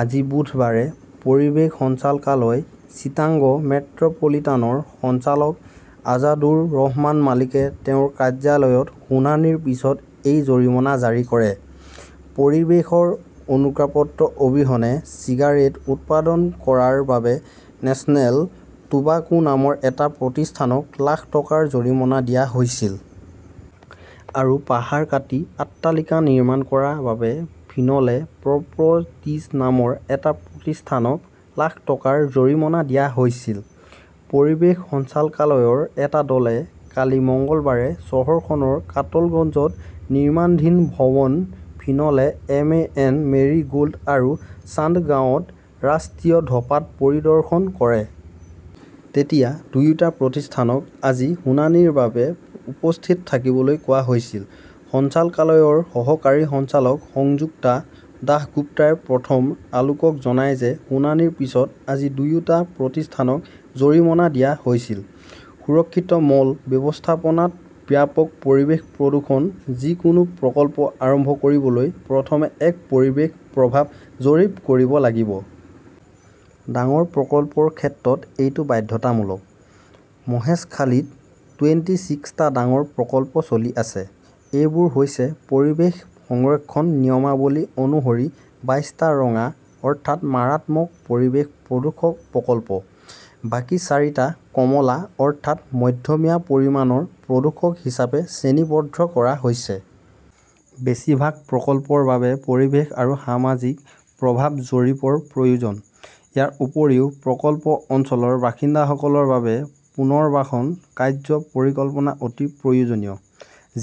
আজি বুধবাৰে পৰিৱেশ সঞ্চালকালয় চিটাগং মেট্ৰ'পলিটানৰ সঞ্চালক আজাদুৰ ৰহমান মালিকে তেওঁৰ কাৰ্যালয়ত শুনানিৰ পিছত এই জৰিমনা জাৰি কৰে। পৰিৱেশৰ অনুজ্ঞাপত্ৰ অবিহনে চিগাৰেট উৎপাদন কৰাৰ বাবে নেচনেল টোবাকো নামৰ এটা প্ৰতিষ্ঠানক লাখ টকাৰ জৰিমনা দিয়া হৈছিল। আৰু পাহাৰ কাটি অট্টালিকা নিৰ্মাণ কৰাৰ বাবে ফিনলে প্ৰ 'প্ৰ' টিজ নামৰ এটা প্ৰতিষ্ঠানক লাখ টকাৰ জৰিমনা দিয়া হৈছিল। পৰিৱেশ সঞ্চালকালয়ৰ এটা দলে কালি মঙলবাৰে চহৰখনৰ কাটালগঞ্জত নিৰ্মাণধীন ভৱন Finlay M. N. Marie Gold আৰু চান্দগাঁৱত ৰাষ্ট্ৰীয় ধঁপাত পৰিদৰ্শন কৰে। তেতিয়া দুয়োটা প্ৰতিষ্ঠানক আজি শুনানিৰ বাবে উপস্থিত থাকিবলৈ কোৱা হৈছিল। সঞ্চালকালয়ৰ সহকাৰী সঞ্চালক সংযুক্তা দাসগুপ্তাই প্ৰথম আলোকক জনায় যে শুনানিৰ পিছত আজি দুয়োটা প্ৰতিষ্ঠানক জৰিমনা দিয়া হৈছিল। সুৰক্ষিত মল ব্যৱস্থাপনাত ব্যাপক পৰিৱেশ প্ৰদূষণ যিকোনো প্ৰকল্প আৰম্ভ কৰিবলৈ প্ৰথমে এক পৰিৱেশ প্ৰভাৱ জৰীপ কৰিব লাগিব। ডাঙৰ প্ৰকল্পৰ ক্ষেত্ৰত এইটো বাধ্যতামূলক। মহেশখালীত টুৱেন্টি চিক্সটা ডাঙৰ প্ৰকল্প চলি আছে। এইবোৰ হৈছে পৰিৱেশ সংৰক্ষণ নিয়মাৱলী অনুসৰি বাইশটা ৰঙা, অৰ্থাৎ মাৰাত্মক পৰিৱেশ প্ৰদূষক প্ৰকল্প। বাকী চাৰিটা কমলা অৰ্থাৎ মধ্যমীয়া পৰিমাণৰ প্ৰদূষণ হিচাপে শ্ৰেণীবদ্ধ কৰা হৈছে। বেছিভাগ প্ৰকল্পৰ বাবে পৰিৱেশ আৰু সামাজিক প্ৰভাৱ জৰীপ ৰ প্ৰয়োজন। ইয়াৰ উপৰিও প্ৰকল্প অঞ্চলৰ বাসিন্দাসকলৰ বাবে পুনৰ্বাসন কাৰ্য্য পৰিকল্পনা অতি প্ৰয়োজনীয়।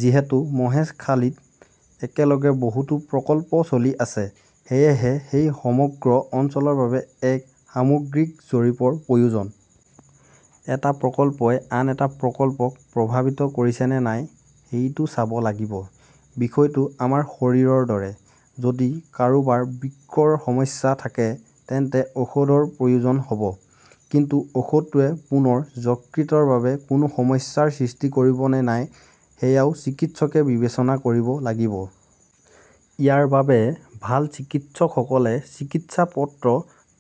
যিহেতু মহেশখালীত একেলগে বহুতো প্ৰকল্প চলি আছে, সেয়েহে সেই সমগ্ৰ অঞ্চলৰ বাবে এক সামগ্ৰিক জৰীপৰ প্ৰয়োজন। এটা প্ৰকল্পই আন এটা প্ৰকল্পক প্ৰভাৱিত কৰিছে নে নাই সেইটো চাব লাগিব। বিষয়টো আমাৰ শৰীৰৰ দৰে। যদি কাৰোবাৰ বৃক্কৰ সমস্যা থাকে তেন্তে ঔষধৰ প্ৰয়োজন হ'ব। কিন্তু ঔষধটোৱে পুনৰ যকৃতৰ বাবে কোনো সমস্যাৰ সৃষ্টি কৰিব নে নাই সেয়াও চিকিৎসকে বিবেচনা কৰিব লাগিব। ইয়াৰ বাবে, ভাল চিকিৎসকসকলে চিকিৎসা পত্ৰ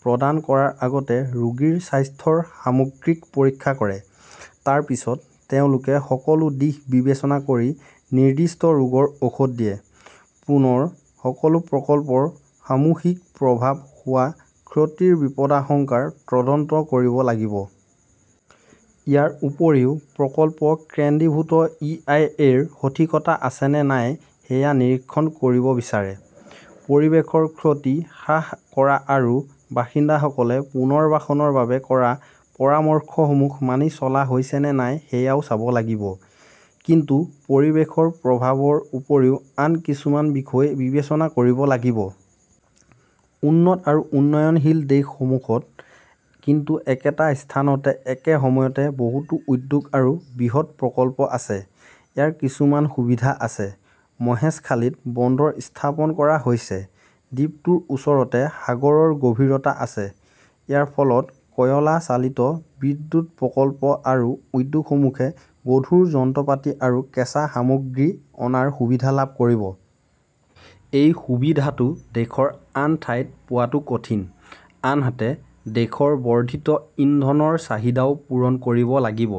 প্ৰদান কৰাৰ আগতে ৰোগীৰ স্বাস্থ্যৰ সামগ্ৰিক পৰীক্ষা কৰে। তাৰ পিছত তেওঁলোকে সকলো দিশ বিবেচনা কৰি নিৰ্দিষ্ট ৰোগৰ ঔষধ দিয়ে। পুনৰ সকলো প্ৰকল্পৰ সামূহিক প্ৰভাৱত হোৱা ক্ষতিৰ বিপদাশংকাৰ তদন্ত কৰিব লাগিব। ইয়াৰ উপৰিও প্ৰকল্প-কেন্দ্ৰীভূত ই. আই. এ.ৰ সঠিকতা আছে নে নাই সেয়া নিৰীক্ষণ কৰিব বিচাৰে। পৰিৱেশৰ ক্ষতি হ্ৰাস কৰা আৰু বাসিন্দাসকলে পুনৰ্বাসনৰ বাবে কৰা পৰামৰ্শসমূহ মানি চলা হৈছে নে নাই সেয়াও চাব লাগিব। কিন্তু পৰিৱেশৰ প্ৰভাৱৰ উপৰিও আন কিছুমান বিষয় বিবেচনা কৰিব লাগিব। উন্নত আৰু উন্নয়নশীল দেশসমূহত, কিন্তু একেটা স্থানত একে সময়তে বহুতো উদ্যোগ আৰু বৃহৎ প্ৰকল্প আছে। ইয়াৰ কিছুমান সুবিধা আছে। মহেশখালীত বন্দৰ স্থাপন কৰা হৈছে। দ্বীপটোৰ ওচৰতে সাগৰৰ গভীৰতা আছে। ইয়াৰ ফলত কয়লা-চালিত বিদ্যুৎ প্ৰকল্প আৰু উদ্যোগসমূহে গধুৰ যন্ত্ৰপাতি আৰু কেঁচা সামগ্ৰী অনাৰ সুবিধা লাভ কৰিব। এই সুবিধাটো দেশৰ আন ঠাইত পোৱাটো কঠিন। আনহাতে, দেশৰ বৰ্ধিত ইন্ধনৰ চাহিদাও পূৰণ কৰিব লাগিব।